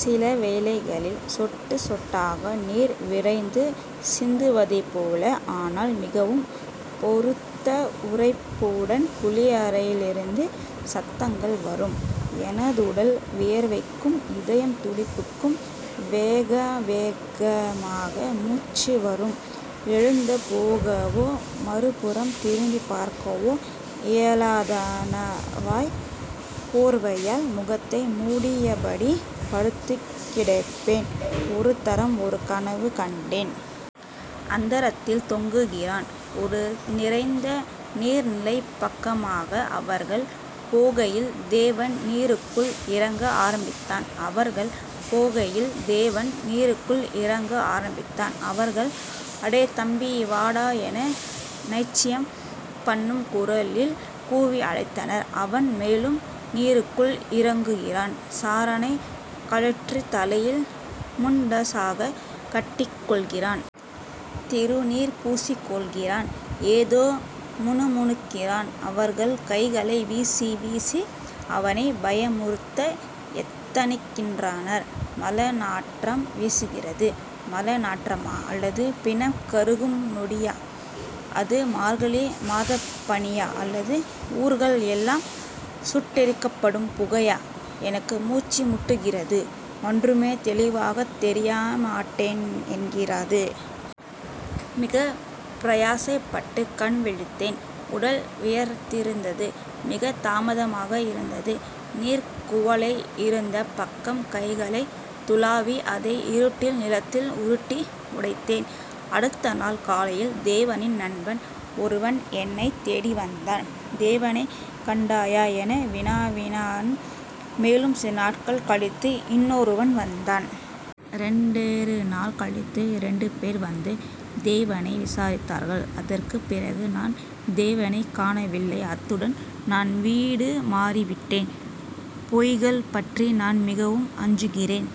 சிலவேளைகளில் சொட்டுச் சொட்டாக நீர் விரைந்து சிந்துவதைப்போல, ஆனால் மிகவும் பெருத்த உரப்புடன் குளியலறையிலிருந்து சத்தங்கள் வரும். எனதுடல் வியர்க்கும். இதயம் துடிக்கும். வேகவேகமாக மூச்சு வரும். எழுந்து போகவோ மறுபுறம் திரும்பிப் பார்க்கவோ இயலாதவனாய் போர்வையால் முகத்தை மூடியபடி படுத்துக்கிடப்பேன். ஒரு தரம், ஒரு கனவு கண்டேன். அந்தரத்தில் தொங்குகிறான். ஒரு நிறைந்த நீர்நிலைப்பக்கமாக அவர்கள் போகையில் தேவன் நீருக்குள் இறங்க ஆரம்பித்தான். அவர்கள் போகையில் தேவன் நீருக்குள் இறங்க ஆரம்பித்தான். அவர்கள் அடே தம்பி... வாடா.. என நைச்சியம் பண்ணும் குரலில் கூவி அழைத்தனர். அவன் மேலும் நீருக்குள் இறங்குகிறான். சாரனை கழற்றி தலையில் முண்டாசாக கட்டிக்கொள்கிறான். திருநீறு பூசிக்கொள்கிறான். ஏதோ முணுமுணுக்கிறான். அவர்கள் கைகளை வீசி வீசி அவனைப் பயமுறுத்த எத்தனிக்கின்றனர். மலநாற்றம் வீசுகிறது. மலநாற்றமா அல்லது பிணம் கருகும் நெடியா? அது மார்கழி மாதப்பனியா, அல்லது ஊர்கள் எல்லாம் சுட்டெரிக்கப்படும் புகையா? எனக்கு மூச்சு முட்டுகிறது. ஒன்றுமே தெளிவாகத் தெரியமா டேன் என்கிறது. மிகப் பிரயாசைப்பட்டு கண்விழித்தேன். உடல் வியர்த்திருந்தது. மிகத் தாகமாக இருந்தது. நீர்க்குவளை இருந்த பக்கம் கைகளைத் துளாவி அதை இருட்டில் நிலத்தில் உருட்டி உடைத்தேன். அடுத்த நாள் காலையில் தேவனின் நண்பன் ஒருவன் என்னைத் தேடிவந்தான். தேவனைக் கண்டாயா என வினாவினான். மேலும் சில நாட்கள் கழித்து இன்னொருவன் வந்தான். இரண்டொரு நாள் கழித்து இரண்டு பேர் வந்து தேவனை விசாரித்தார்கள். அதற்குப் பிறகு நான் தேவனைக் காணவேயில்லை அத்துடன் நான் வீடு மாறிவிட்டேன். பேய்கள் பற்றி நான் மிகவும் அஞ்சுகிறேன்.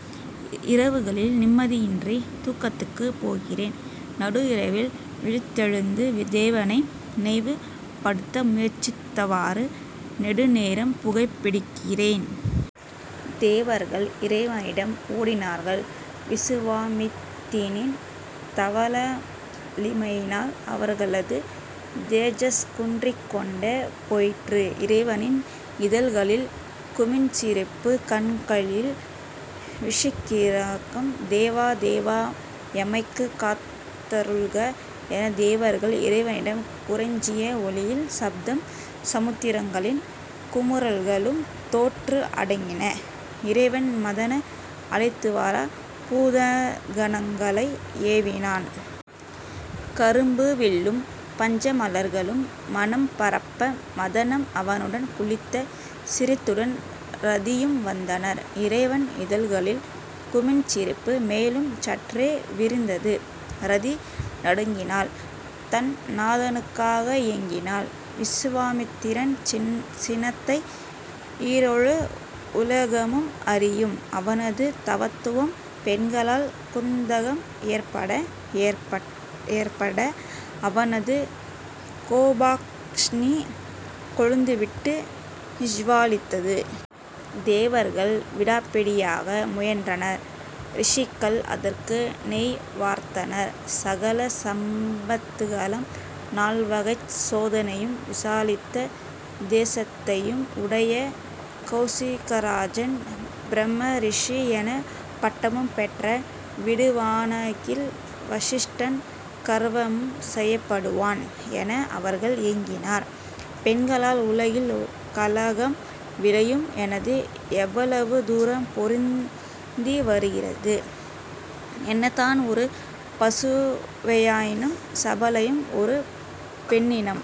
இரவுகளில் நிம்மதியின்றி தூக்கத்துக்கு போகிறேன். நடுஇரவில் விழித்தெழுந்து வேதனை நினைவு படுத்த முயற்சித்தவாறு நெடுநேரம் புகைபிடிக்கிறேன். தேவர்கள் இறைவனிடம் ஓடினார்கள். விசுவாமித்தினின் தவவலிமையினால் அவர்களது தேஜஸ் குன்றிக் கொண்டே போயிற்று. இறைவனின் இதழ்களில் குமிண்சிரிப்பு. கண்களில் விஷக்கிறக்கம். தேவ தேவா.. எமைக் காத்தருள்க...என தேவர்கள் இறைவனிடம் இறைஞ்சிய ஒலியில் சப்த சமுத்திரங்களின் குமுறல்களும் தோற்று அடங்கின. இறைவன் மதனை அழைத்துவர பூதகனங்களை ஏவினான். கரும்பு வில்லும் பஞ்சமலர்களும் மணம் பரப்ப மதனம் அவனுடன் குளிந்த சிரத்துடன் ரதியும் வந்தனர். இறைவன் இதழ்களில் குமிண்சிரிப்பு மேலும் சற்றே விரிந்தது. ரதி நடுங்கினாள். தன் நாதனுக்காக ஏங்கினாள். விசுவாமித்திரன் சினத்தை ஈரேழு உலகமும் அறியும். அவனது தவத்துக்கு பெண்களால் குந்தகம் ஏற்பட ஏற்பட அவனது கோபாக்கினி கொழுந்துவிட்டு ஜ்வாலித்தது. தேவர்கள் விடாப்பிடியாக முயன்றனர். ரிஷிகள் அதற்கு நெய் வார்த்தனர். சகல சம்பத்துகளம் நால்வகைச் சேனையும் விசாலித்த தேசத்தையும் உடைய கெளசிகராஜன் பிரம்ம ரிஷி என பட்டமும் பெற்ற விடுவானாகில்.... வசிஷ்டன் கர்வபங்கம் செய்யப்படுவான் என அவர்கள் ஏங்கினர். பெண்களால் உலகில் கலகம் விளையும் என்பது எவ்வளவு தூரம் பொருந்தி வருகிறது. என்ன தான் ஒரு பசுவேயாயினும் சபலையும் ஒரு பெண்ணினம்